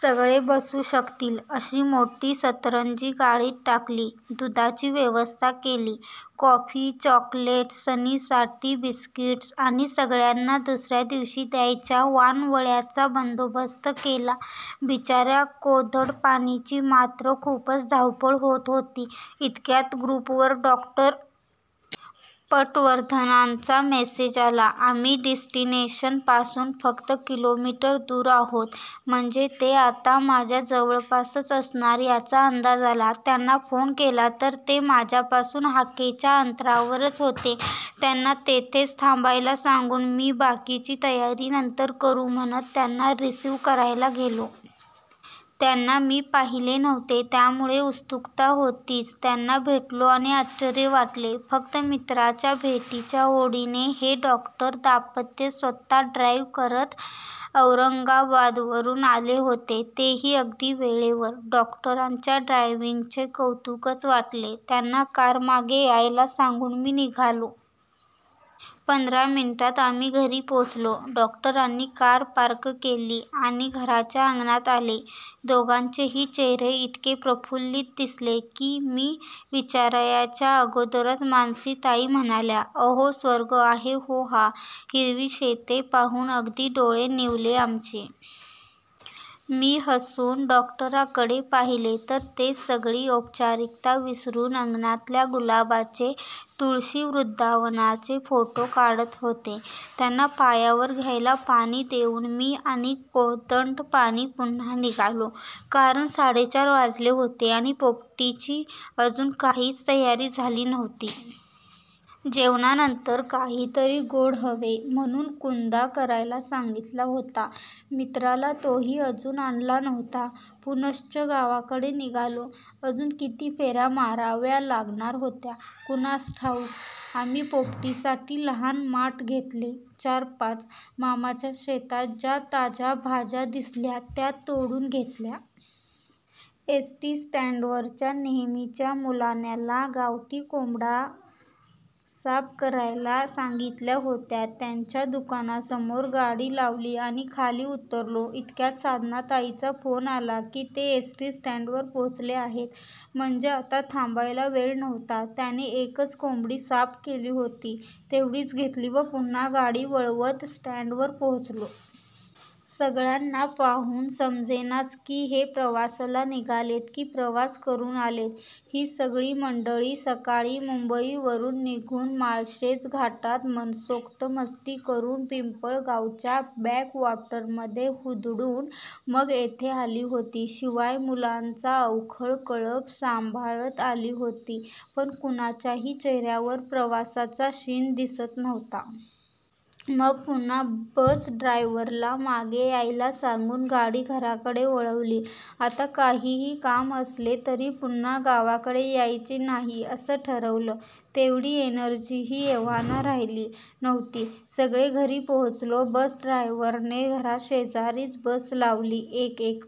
सगळे बसू शकतील अशी मोठी सतरंजी गाडीत टाकली, दुधाची व्यवस्था केली, कॉफी, चॉकलेटस्, सनीसाठी बिस्किटस, आणि सगळ्यांना दुसऱ्या दिवशी द्यायच्या 'वानवळ्या'चा बंदोबस्त केला. बिचाऱ्या कोदंडपाणीची मात्र खुपच धावपळ होत होती. इतक्यात ग्रुपवर डॉ. पटवर्धनांचा मेसेज आला "आम्ही डेस्टिनेशन पासुन फक्त किलोमिटर दुर आहोत" म्हणजे ते आता माझ्या जवळपासच असणार याचा अंदाज आला. त्यांना फोन केला तर ते माझ्यापासुन हाकेच्या अंतरावरच होते. त्यांना तेथेच थांबायला सांगुन मी 'बाकीची तयारी नंतर करु' म्हणत त्यांना रिसिव्ह करायला गेलो. त्यांना मी पाहीले नव्हते त्यामुळे उत्सुकता होतीच. त्यांना भेटलो आणि आश्चर्य वाटले. फक्त मित्रांच्या भेटीच्या ओढीने हे डॉक्टर दांपत्य स्वतः ड्राईव्ह करत औरंगाबादवरुन आले होते. तेही अगदी वेळेवर. डॉक्टरांच्या ड्रायव्हींगचे कौतुकच वाटले. त्यांना कारमागे यायला सांगुन मी निघालो. पंधरा मिनिटात आम्ही घरी पोहचलो. डॉक्टरांनी कार पार्क केली आणि घराच्या अंगणात आले. दोघांचेही चेहरे इतके प्रफुल्लीत दिसले की मी विचारायच्या अगोदरच मानसीताई म्हणाल्या "अहो स्वर्ग आहे हो हा. हिरवी शेते पाहुन अगदी डोळे निवले आमचे. " मी हसुन डॉक्टरांकडे पाहीले तर ते सगळी औपचारीकता विसरुन अंगणातल्या गुलाबांचे, तुळशीवृंदावनाचे फोटो काढत होते. त्यांना पायावर घ्यायला पाणी देवून मी आणि कोदंडपाणी पुन्हा निघालो. कारण साडेचार वाजले होते आणि पोपटीची अजुन काहीच तयारी झाली नव्हती. जेवणानंतर काहीतरी गोड हवे म्हणून 'कुंदा' करायला सांगितला होता मित्राला तोही अजुन आणला नव्हता. पुनश्च गावाकडे निघालो. अजुन किती फेऱ्या माराव्या लागणार होत्या कुणास ठाऊक! आम्ही पोपटीसाठी लहान माठ घेतले चार पाच. मामाच्या शेतात ज्या ताज्या भाज्या दिसल्या त्या तोडुन घेतल्या. एसटी स्टँडवरच्या नेहमीच्या मुलाण्याला गावठी कोंबड्या साफ करायला सांगितल्या होत्या, त्याच्या दुकानासमोर गाडी लावली आणि खाली उतरलो इतक्यात साधनाताईचा फोन आला की ते एसटी स्टँडवर पोहचले आहेत. म्हणजे आता थांबायला वेळ नव्हता. त्याने एकच कोंबडी साफ केली होती तेवढीच घेतली व पुन्हा गाडी वळवत स्टँडवर पोहचलो. सगळ्यांना पाहुन समजेनाच की हे प्रवासाला निघालेत की प्रवास करुन आलेत? ही सगळी मंडळी सकाळी मुंबईवरुन निघुन, माळशेज घाटात मनसोक्त मस्ती करुन, पिंपळगावच्या बॅकवॉटरमधे हुंदडून मग येथे आली होती, शिवाय मुलांचा अवखळ कळप सांभाळत आली होती, पण कुणाच्याही चेहऱ्यावर प्रवासाचा शिण दिसत नव्हता. मग पुन्हा बसड्रायव्हरला मागे यायला सांगुन गाडी घराकडे वळवली. आता काहीही काम असले तरी पुन्हा गावाकडे यायचे नाही असं ठरवलं. तेवढी एनर्जीही एव्हाना राहीली नव्हती. सगळे घरी पोहचलो. बसड्रायव्हरने घराशेजारीच बस लावली. एक एक